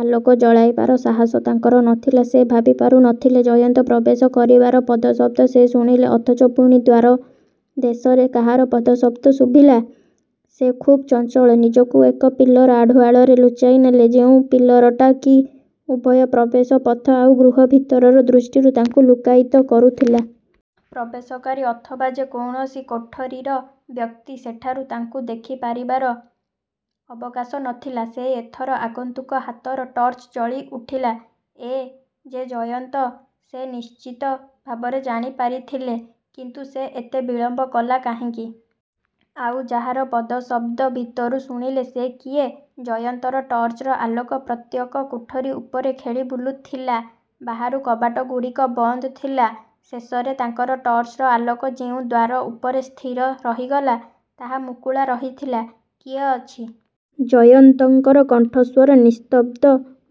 ଆଲୋକ ଜଳାଇବାର ସାହସ ତାଙ୍କର ନ ଥିଲା। ସେ ଭାବି ପାରୁ ନ ଥିଲେ ଜୟନ୍ତ ପ୍ରବେଶ କରିବାର ପଦଶବ୍ଦ ସେ ଶୁଣିଲେ ଅଥଚ ପୁଣି ଦ୍ୱାରଦେଶରେ କାହାର ପଦଶବ୍ଦ ଶୁଭିଲା। ସେ ଖୁବ୍ ଚଞ୍ଚଳ ନିଜକୁ ଏକ ପିଲର୍ ଆଢ଼ୁଆଳରେ ଲୁଚାଇ ନେଲେ। ଯେଉଁ ପିଲରଟା କି ଉଭୟ ପ୍ରବେଶ ପଥ ଆଉ ଗୃହ ଭିତରର ଦୃଷ୍ଟିରୁ ତାଙ୍କୁ ଲୁକ୍କାୟିତ କରୁଥିଲା। ପ୍ରବେଶକାରୀ ଅଥବା ଯେ କୌଣସି କୋଠରିର ବ୍ୟକ୍ତି ସେଠାରୁ ତାଙ୍କୁ ଦେଖି ପାରିବାର ଅବକାଶ ନ ଥିଲା। ସେ ଏ ଥର ଆଗନ୍ତୁକ ହାତର ଟର୍ଚ୍ଚ ଜଳିଉଠିଲା। ଏ ଯେ ଜୟନ୍ତ ସେ ନିଶ୍ଚିତ ଭାବରେ ଜାଣି ପାରିଥିଲେ। କିନ୍ତୁ ସେ ଏତେ ବିଳମ୍ବ କଲା କାହିଁକି? ଆଉ ଯାହାର ପଦଶବ୍ଦ ଭିତରୁ ଶୁଣିଲେ ସେ କିଏ? ଜୟନ୍ତର ଟର୍ଚ୍ଚର ଆଲୋକ ପ୍ରତ୍ୟେକ କୋଠରି ଉପରେ ଖେଳି ବୁଲୁଥିଲା। ବାହାରୁ କବାଟଗୁଡ଼ିକ ବନ୍ଦ ଥିଲା। ଶେଷରେ ତାଙ୍କର ଟର୍ଚ୍ଚର ଆଲୋକ ଯେଉଁ ଦ୍ୱାର ଉପରେ ସ୍ଥିର ରହିଗଲା ତାହା ମୁକୁଳା ରହିଥିଲା। କିଏ ଅଛି? ଜୟନ୍ତଙ୍କର କଣ୍ଠସ୍ୱର ନିସ୍ତବ୍ଧ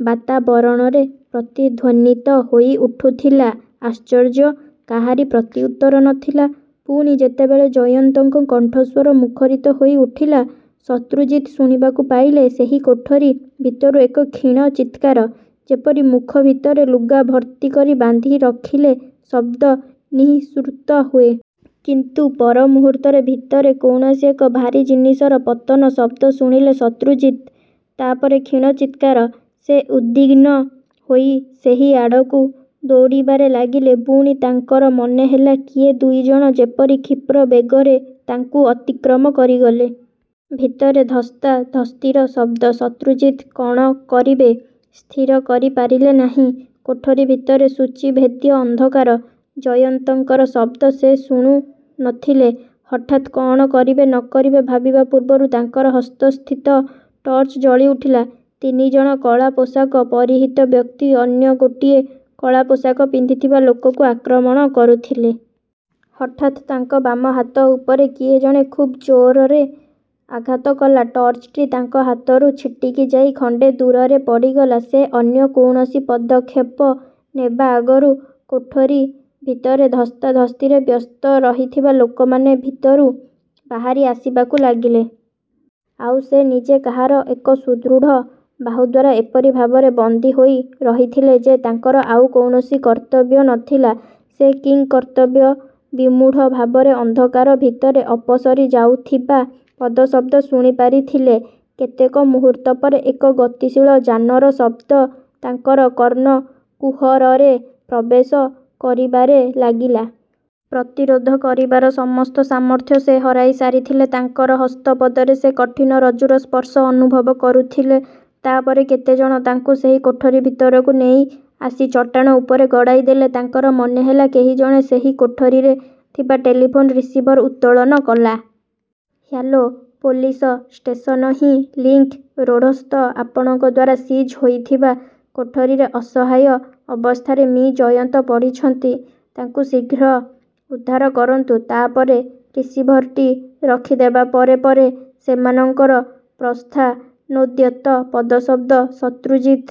ବାତାବରଣରେ ପ୍ରତିଧ୍ୱନିତ ହୋଇଉଠୁଥିଲା। ଆଶ୍ଚର୍ଯ୍ୟ। କାହାରି ପ୍ରତିଉତ୍ତର ନ ଥିଲା। ପୁଣି ଯେତେବେଳେ ଜୟନ୍ତଙ୍କ କଣ୍ଠସ୍ୱର ମୁଖରିତ ହୋଇ ଉଠିଲା ଶତ୍ରୁଜିତ୍ ଶୁଣିବାକୁ ପାଇଲେ ସେହି କୋଠରି ଭିତରୁ ଏକ କ୍ଷୀଣ ଚିତ୍କାର। ଯେପରି ମୁଖ ଭିତରେ ଲୁଗା ଭର୍ତ୍ତି କରି ବାନ୍ଧି ରଖିଲେ ଶବ୍ଦ ନିଃସୃତ ହୁଏ। କିନ୍ତୁ ପରମୁହୂର୍ତ୍ତରେ ଭିତରେ କୌଣସି ଏକ ଭାରୀ ଜିନିଷର ପତନ ଶବ୍ଦ ଶୁଣିଲେ ଶତ୍ରୁଜିତ୍। ତା ପରେ କ୍ଷୀଣ ଚିତ୍କାର। ସେ ଉଦ୍ବିଗ୍ନ ହୋଇ ସେହି ଆଡ଼କୁ ଦୌଡ଼ିବାରେ ଲାଗିଲେ। ପୁଣି ତାଙ୍କର ମନେ ହେଲା କିଏ ଦୁଇ ଜଣ ଯେପରି କ୍ଷିପ୍ର ବେଗରେ ତାଙ୍କୁ ଅତିକ୍ରମ କରିଗଲେ। ଭିତରେ ଧସ୍ତାଧସ୍ତିର ଶବ୍ଦ। ଶତ୍ରୁଜିତ୍ କଣ କରିବେ ସ୍ଥିର କରି ପାରିଲେ ନାହିଁ। କୋଠରି ଭିତରେ ସୂଚୀଭେଦ୍ୟ ଅନ୍ଧକାର। ଜୟନ୍ତଙ୍କର ଶବ୍ଦ ସେ ଶୁଣୁ ନ ଥିଲେ। ହଠାତ୍ କଣ କରିବେ ନ କରିବେ ଭାବିବା ପୂର୍ବରୁ ତାଙ୍କର ହସ୍ତସ୍ଥିତ ଟର୍ଚ୍ଚ ଜଳିଉଠିଲା। ତିନି ଜଣ କଳା ପୋଷାକ ପରିହିତ ବ୍ୟକ୍ତି ଅନ୍ୟ ଗୋଟିଏ କଳା ପୋଷାକ ପିନ୍ଧିଥିବା ଲୋକକୁ ଆକ୍ରମଣ କରୁଥିଲେ। ହଠାତ୍ ତାଙ୍କ ବାମ ହାତ ଉପରେ କିଏ ଜଣେ ଖୁବ୍ ଜୋରରେ ଆଘାତ କଲା। ଟର୍ଚ୍ଚଟି ତାଙ୍କ ହାତରୁ ଛିଟିକି ଯାଇ ଖଣ୍ଡେ ଦୂରରେ ପଡ଼ିଗଲା। ସେ ଅନ୍ୟ କୌଣସି ପଦକ୍ଷେପ ନେବା ଆଗରୁ କୋଠରି ଭିତରେ ଧସ୍ତାଧସ୍ତିରେ ବ୍ୟସ୍ତ ରହିଥିବା ଲୋକମାନେ ଭିତରୁ ବାହାରି ଆସିବାକୁ ଲାଗିଲେ। ଆଉ ସେ ନିଜେ କାହାର ଏକ ସୁଦୃଢ଼ ବାହୁ ଦ୍ୱାରା ଏପରି ଭାବରେ ବନ୍ଦୀ ହୋଇ ରହିଥିଲେ ଯେ ତାଙ୍କର ଆଉ କୌଣସି କର୍ତ୍ତବ୍ୟ ନ ଥିଲା। ସେ କିଂକର୍ତ୍ତବ୍ୟବିମୂଢ଼ ଭାବରେ ଅନ୍ଧକାର ଭିତରେ ଅପସରି ଯାଉଥିବା ପଦଶବ୍ଦ ଶୁଣିପାରିଥିଲେ। କେତେକ ମୁହୂର୍ତ୍ତ ପରେ ଏକ ଗତିଶୀଳ ଯାନର ଶବ୍ଦ ତାଙ୍କର କର୍ଣ୍ଣକୁହରରେ ପ୍ରବେଶ କରିବାରେ ଲାଗିଲା। ପ୍ରତିରୋଧ କରିବାର ସମସ୍ତ ସାମର୍ଥ୍ୟ ସେ ହରାଇ ସାରିଥିଲେ। ତାଙ୍କର ହସ୍ତପଦରେ ସେ କଠିନ ରଜ୍ଜୁର ସ୍ପର୍ଶ ଅନୁଭବ କରୁଥିଲେ। ତା ପରେ କେତେ ଜଣ ତାଙ୍କୁ ସେହି କୋଠରି ଭିତରକୁ ନେଇ ଆସି ଚଟାଣ ଉପରେ ଗଡ଼ାଇ ଦେଲେ। ତାଙ୍କର ମନେହେଲା କେହି ଜଣେ ସେହି କୋଠରିରେ ଥିବା ଟେଲିଫୋନ୍ ରିସିଭର ଉତ୍ତୋଳନ କଲା। ହ୍ୟାଲୋ ପୋଲିସ ଷ୍ଟେସନ ହିଁ ଲିଙ୍କ୍ ରୋଡ଼ସ୍ଥ ଆପଣଙ୍କ ଦ୍ୱାରା ସିଜ୍ ହୋଇଥିବା କୋଠରିରେ ଅସହାୟ ଅବସ୍ଥାରେ ମି ଜୟନ୍ତ ପଡ଼ିଛନ୍ତି। ତାଙ୍କୁ ଶୀଘ୍ର ଉଦ୍ଧାର କରନ୍ତୁ। ତା ପରେ ରିସିଭରଟି ରଖିଦେବା ପରେ ପରେ ସେମାନଙ୍କର ପ୍ରସ୍ଥାନୋଦ୍ୟତ ପଦଶବ୍ଦ ଶତ୍ରୁଜିତ୍